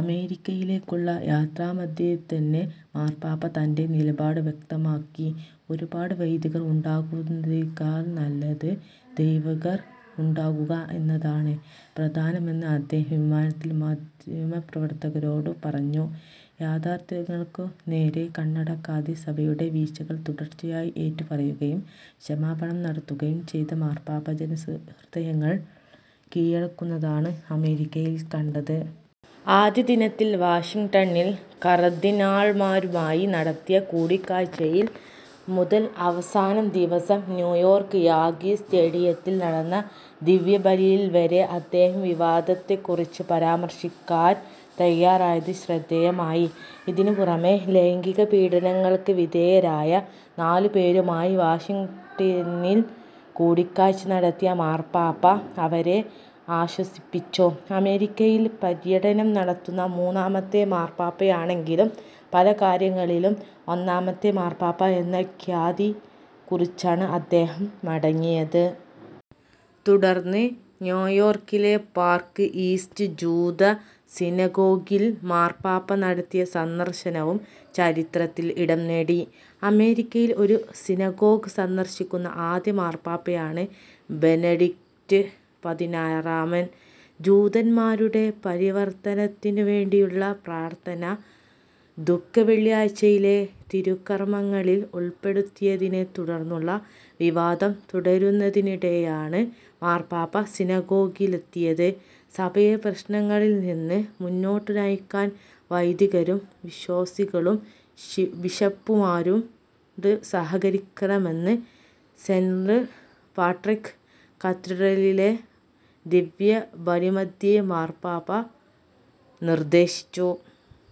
അമേരിക്കയിലേക്കുള്ള യാത്രാമധ്യേതന്നെ മാർപ്പാപ്പ തൻറെ നിലപാട് വ്യക്തമാക്കി. ഒരുപാട് വൈദികർ ഉണ്ടാകുന്നതിനേക്കൾ നല്ലത് ദൈവികർ ഉണ്ടാകുക എന്നതാണ് പ്രധാനമെന്ന് അദ്ദേഹം വിമാവിമാനത്തിൽ മാധ്യമപ്രവർത്തകരോടു പറഞ്ഞു. യാഥാർത്ഥ്യങ്ങൾക്കു നേരെ കണ്ണടക്കാതെ സഭയുടെ വീഴ്ച്ചകൾ തുടർച്ചയായി ഏറ്റുപറയുകയും ക്ഷമാപണം നടത്തുകയും ചെയ്ത മാർപ്പാപ്പ ജനഹൃദയങ്ങൾ കീഴടക്കുന്നതാണ് അമേരിക്കയിൽ കണ്ടത്. ആദ്യ ദിനത്തിൽ വാഷിംഗ്ടണിൽ കർദ്ദിനാൾമാരുമായി നടത്തിയ കൂടിക്കാഴ്ച്ചയിൽ മുതൽ അവസാന ദിവസം ന്യുയോർക്ക് യാങ്കി സ്റ്റേഡിയത്തിൽ നടന്ന ദിവ്യബലിയിൽവരെ അദ്ദേഹം വിവാദത്തെക്കുറിച്ച് പരാമർശിക്കാൻ തയ്യാറായത് ശ്രദ്ധേയമായി. ഇതിനു പുറമെ ലൈംഗിക പീഡനങ്ങൾക്ക് വിധേയരായ നാലു പേരുമായി വാഷിംഗ്ടണിൽ കൂടിക്കാഴ്ച്ച നടത്തിയ മാർപ്പാപ്പ അവരെ ആശ്വസിപ്പിച്ചു. അമേരിക്കയിൽ പര്യടനം നടത്തുന്ന മൂന്നാമത്തെ മാർപ്പാപ്പയാണെങ്കിലും പല കാര്യങ്ങളിലും ഒന്നാമത്തെ മാർപ്പാപ്പ എന്ന ഖ്യാതി കുറിച്ചാണ് അദ്ദേഹം മടങ്ങിയത്. തുടർന്ന് ന്യോയോർക്കിലെ പാർക്ക് ഈസ്റ്റ് ജൂത സിനഗോഗിൽ മാർപ്പാപ്പ നടത്തിയ സന്ദർശനവും ചരിത്രത്തിൽ ഇടം നേടി. അമേരിക്കയിൽ ഒരു സിനഗോഗ് സന്ദർശിക്കുന്ന ആദ്യ മാർപ്പാപ്പയാണ് ബെനഡിക്റ്റ് പതിനാറാമൻ. ജൂതൻമാരുടെ പരിവർത്തനത്തിനുവേണ്ടിയുള്ള പ്രാർത്ഥന ദുഃഖവെള്ളിയാഴ്ച്ചയിലെ തിരുക്കർമങ്ങളിൽ ഉൾപ്പെടുത്തിയതിനെ തുടർന്നുള്ള വിവാദം തുടരുന്നതിനിടെയാണ് മാർപ്പാപ്പ സിനഗോഗിലെത്തിയത്. സഭയെ പ്രശ്നങ്ങളിൽനിന്ന് മുന്നോട്ടു നയിക്കാൻ വൈദികരും വിശ്വാസികളും ബിഷപ്പുമാരോട് സഹകരിക്കണമെന്ന് സെൻറ് പാട്രിക് കത്തീഡ്രലിലെ ദിവ്യബലിമധ്യേ മാർപ്പാപ്പ നിർദ്ദേശിച്ചു.